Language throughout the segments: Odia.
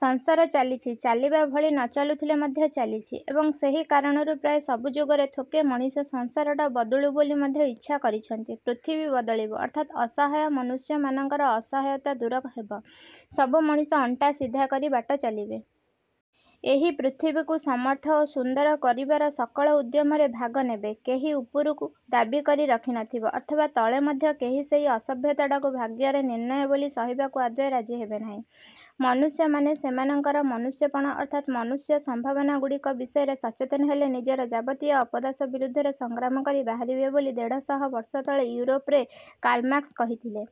ସଂସାର ଚାଲିଛି। ଚାଲିବା ଭଳି ନ ଚାଲୁଥିଲେ ମଧ୍ୟ ଚାଲିଛି। ଏବଂ ସେହି କାରଣରୁ ପ୍ରାୟ ସବୁ ଯୁଗରେ ଥୋକେ ମଣିଷ ସଂସାରଟା ବଦଳୁ ବୋଲି ମଧ୍ୟ ଇଚ୍ଛା କରିଛନ୍ତି। ପୃଥିବୀ ବଦଳିବ ଅର୍ଥାତ୍ ଅସହାୟ ମନୁଷ୍ୟ ମାନଙ୍କର ଅସହାୟତା ଦୂର ହେବ। ସବୁ ମଣିଷ ଅଣ୍ଟା ସିଧା କରି ବାଟ ଚାଲିବେ। ଏହି ପୃଥିବୀକୁ ସମର୍ଥ ଓ ସୁନ୍ଦର କରିବାର ସକଳ ଉଦ୍ୟମରେ ଭାଗ ନେବେ। କେହି ଉପରୁ ଦାବିକରି ରଖି ନଥିବ-। ଅଥବା ତଳେ ମଧ୍ୟ କେହି ସେହି ଅସଭ୍ୟତାଟାକୁ ଭାଗ୍ୟର ନିର୍ଣ୍ଣୟ ବୋଲି ସହିବାକୁ ଆଦୌ ରାଜି ହେବନାହିଁ। ମନୁଷ୍ୟମାନେ ସେମାନଙ୍କର ମନୁଷ୍ୟପଣ ଅର୍ଥାତ୍ ମନୁଷ୍ୟ ସମ୍ଭାବନାଗୁଡ଼ିକ ବିଷୟରେ ସଚେତନ ହେଲେ ନିଜର ଯାବତୀୟ ଅପଦଶା ବିରୋଧରେ ସଂଗ୍ରାମ କରି ବାହାରିବେ ବୋଲି ଦେଢ଼ଶହ ବର୍ଷ ତଳେ ଇଉରୋପରେ କାର୍ଲ୍ ମାର୍କ୍ସ କହିଥିଲେ।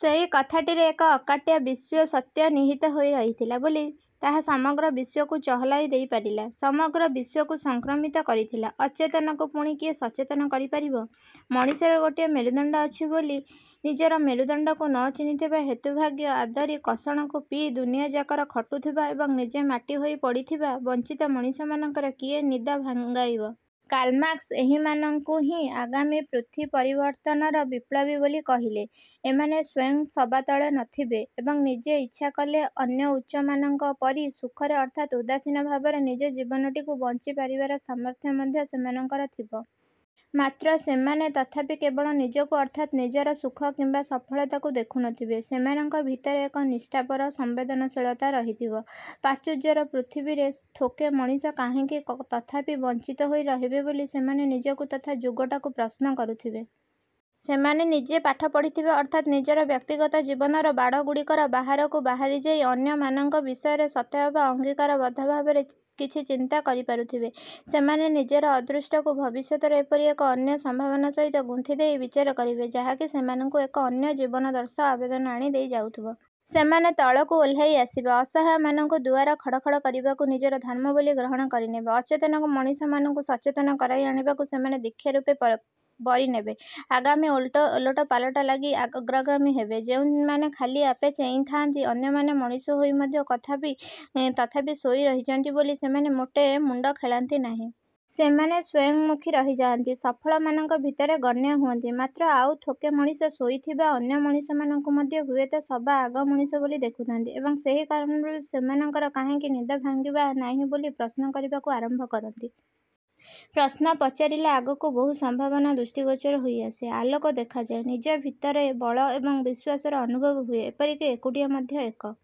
ସେହି କଥାଟିରେ ଏକ ଅକାଟ୍ୟ ବିଶ୍ୱସତ୍ୟ ନିହିତ ହୋଇ ରହିଥିଲା ବୋଲି ତାହା ସମଗ୍ର ବିଶ୍ୱକୁ ଚହଲାଇ ଦେଇପାରିଲା। ସମଗ୍ର ବିଶ୍ୱକୁ ସଂକ୍ରାମିତ କରିଥିଲା। ଅଚେତନକୁ ପୁଣି କିଏ ସଚେତନ କରି ପାରିବ? ମଣିଷର ଗୋଟିଏ ମେରୁଦଣ୍ଡ ଅଛି ବୋଲି ନିଜ ମେରୁଦଣ୍ଡକୁ ନ ଚିହ୍ନିଥିବା ହେତୁ ଭାଗ୍ୟ ଆଦରି କଷଣକୁ ପିଇ ଦୁନିଆଯାକର ଖଟୁଥିବା ଏବଂ ନିଜେ ମାଟି ହୋଇ ପଡ଼ିଥିବା ବଞ୍ଚିତ ମଣିଷମାନଙ୍କର କିଏ ନିଦ ଭଙ୍ଗାଇବ? କାର୍ଲ୍ ମାର୍କ୍ସ ଏହିମାନଙ୍କୁ ହିଁ ଆଗାମୀ ପୃଥ୍ୱୀ-ପରିବର୍ତ୍ତନର ବିପ୍ଲବୀ ବୋଲି କହିଲେ। ଏମାନେ ସ୍ୱୟଂ ସବାତଳେ ନଥିବେ। ଏବଂ ନିଜେ ଇଚ୍ଛା କଲେ ଅନ୍ୟ ଉଚ୍ଚ ମାନଙ୍କ ପରି ସୁଖରେ ଅର୍ଥାତ୍ ଉଦାସୀନ ଭାବରେ ନିଜ ଜୀବନଟିକୁ ବଞ୍ଚି ପାରିବାର ସାମର୍ଥ୍ୟ ମଧ୍ୟ ସେମାଙ୍କର ଥିବ। ମାତ୍ର, ସେମାନେ ତଥାପି କେବଳ ନିଜକୁ ଅର୍ଥାତ୍ ନିଜର ସୁଖ କିମ୍ବା ସଫଳତାକୁ ଦେଖୁ ନଥିବେ। ସେମାନଙ୍କ ଭିତରେ ଏକ ନିଷ୍ଠାପର ସମ୍ବେଦନଶୀଳତା ରହିଥିବ। ପ୍ରାଚୁର୍ଯ୍ୟର ପୃଥିବୀରେ ଥୋକେ ମଣିଷ କାହିଁକି ତଥାପି ବଞ୍ଚିତ ହୋଇ ରହିବେ ବୋଲି ସେମାନେ ନିଜକୁ ତଥା ଯୁଗଟାକୁ ପ୍ରଶ୍ନ କରୁଥିବେ। ସେମାନେ ନିଜେ ପାଠ ପଢ଼ିଥିବେ ଅର୍ଥାତ୍ ନିଜର ବ୍ୟକ୍ତିଗତ ଜୀବନର ବାଡ଼ଗୁଡ଼ିକର ବାହାରକୁ ବାହାରିଯାଇ ଅନ୍ୟ ମାନଙ୍କ ବିଷୟରେ ସତେ ଅବା ଅଙ୍ଗୀକାରବଦ୍ଧ ଭାବରେ କିଛି ଚିନ୍ତା କରିପାରୁଥିବେ। ସେମାନେ ନିଜର ଅଦୃଷ୍ଟକୁ ଭବିଷ୍ୟତର ଏପରି ଏକ ଅନ୍ୟ ସମ୍ଭାବନା ସହିତ ଗୁନ୍ଥିଦେଇ ବିଚାର କରିବେ, ଯାହାକି ସେମାନଙ୍କୁ ଏକ ଅନ୍ୟ ଜୀବନାଦର୍ଶର ଆବେଦନ ଆଣି ଦେଇ ଯାଉଥିବ। ସେମାନେ ତଳକୁ ଓହ୍ଲାଇ ଆସିବେ। ଅସହାୟମାନଙ୍କର ଦୁଆର ଖଡ଼ ଖଡ଼ କରିବାକୁ ନିଜର ଧର୍ମ ବୋଲି ଗ୍ରହଣ କରିନେବେ। ଅଚେତନ ମଣିଷମାନଙ୍କୁ ସଚେତନ କରାଇ ଆଣିବାକୁ ସେମାନେ ଦୀକ୍ଷାରୂପେ ବରିନେବେ। ଆଗାମୀ ଓଲଟପାଲଟ ଲାଗି ଅଗ୍ରଗାମୀ ହେବେ। ଯେଉଁମାନେ ଖାଲି ଆପେ ଚେଇଁଥାନ୍ତି, ଅନ୍ୟମାନେ ମଣିଷ ହୋଇ ମଧ୍ୟ କାହିଁକି ତଥାପି ଶୋଇ ରହିଛନ୍ତି ବୋଲି ସେମାନେ ମୋଟେ ମୁଣ୍ଡ ଖେଳାନ୍ତି ନାହିଁ। ସେମାନେ ସ୍ୱୟଂମୁଖୀ ରହିଯାଆନ୍ତି, ସଫଳମାନଙ୍କ ଭିତରେ ଗଣ୍ୟ ହୁଅନ୍ତି। ମାତ୍ର ଆଉ ଥୋକେ ମଣିଷ ଶୋଇଥିବା ଅନ୍ୟ ମଣିଷ ମାନଙ୍କୁ ମଧ୍ୟ ହୁଏତ ସବା ଆଗ ମଣିଷ ବୋଲି ଦେଖୁଥାନ୍ତି ଏବଂ ସେହି କାରଣରୁ ସେମାନଙ୍କର କାହିଁକି ନିଦ ଭାଙ୍ଗିବା ନାହିଁ ବୋଲି ପ୍ରଶ୍ନ କରିବାକୁ ଆରମ୍ଭ କରନ୍ତି। ପ୍ରଶ୍ନ ପଚାରିଲେ ଆଗକୁ ବହୁ ସମ୍ଭାବନା ଦୃଷ୍ଟିଗୋଚର ହୋଇ ଆସେ। ଆଲୋକ ଦେଖାଯାଏ। ନିଜ ଭିତରେ ବଳ ଏବଂ ବିଶ୍ୱାସର ଅନୁଭବ ହୁଏ। ଏପରିକି ଏକୁଟିଆ ମଧ୍ୟ ଏକ